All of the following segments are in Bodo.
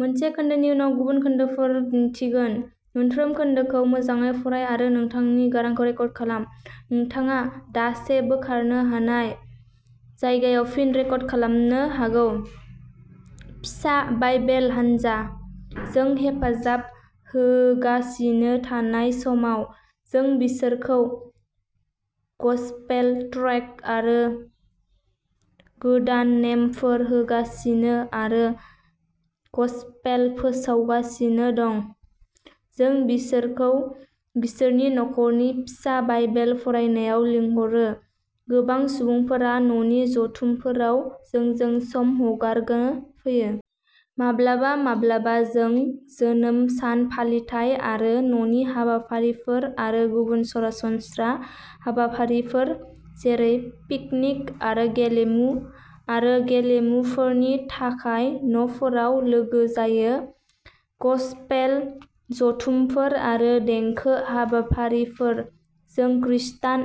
फिसा बाइबेल हानजाः जों हेफाजाब होगासिनो थानाय समाव, जों बिसोरखौ गसपेल ट्रेक्ट आरो गोदान नेमफोर होगासिनो आरो गसपेल फोसावगासिनो दं। जों बिसोरखौ बिसोरनि न'खरनि फिसा बाइबेल फरायनायाव लिंहरो। गोबां सुबुंफोरा न'नि जथुमफोराव जोंजों सम हगारनो फैयो। माब्लाबा-माब्लाबा, जों जोनोम सान फालिथाय आरो न'नि हाबाफारिफोर आरो गुबुन सरासनस्रा हाबाफारिफोर, जेरै पिकनिक आरो गेलेमु आरो गेलेमुफोरनि थाखाय न'फोराव लोगो जायो। गसपेल जथुमफोर आरो देंखो हाबाफारिफोरः जों ख्रीष्टान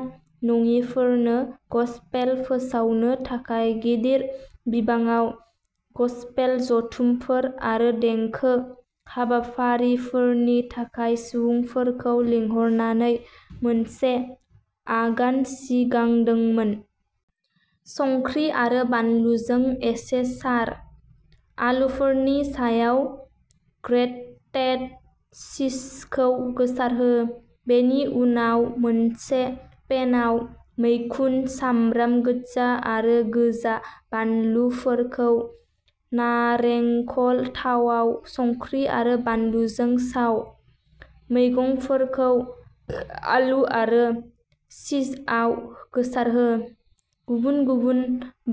नङिफोरनो गसपेल फोसावनो थाखाय गिदिर बिबाङाव गसपेल जथुमफोर आरो देंखो हाबाफारिफोरनि थाखाय सुबुंफोरखौ लिंहरनानै मोनसे आगान सिगांदोंमोन। संख्रि आरो बानलुजों एसे सार। आलुफोरनि सायाव ग्रेटेड चिजखौ गोसारहो। बेनि उनाव मोनसे पेनआव मैखुन, सामब्राम गोजा आरो गोजा बानलुफोरखौ नारेंखल थावाव संख्रि आरो बानलुजों साव। मैगंफोरखौ आलु आरो चिजआव गोसारहो। गुबुन-गुबुन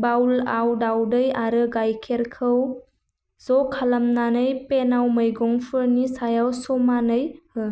बाउलआव दावदै आरो गायखेरखौ ज'खालामनानै पेनआव मैगंफोरनि सायाव समानयै हो।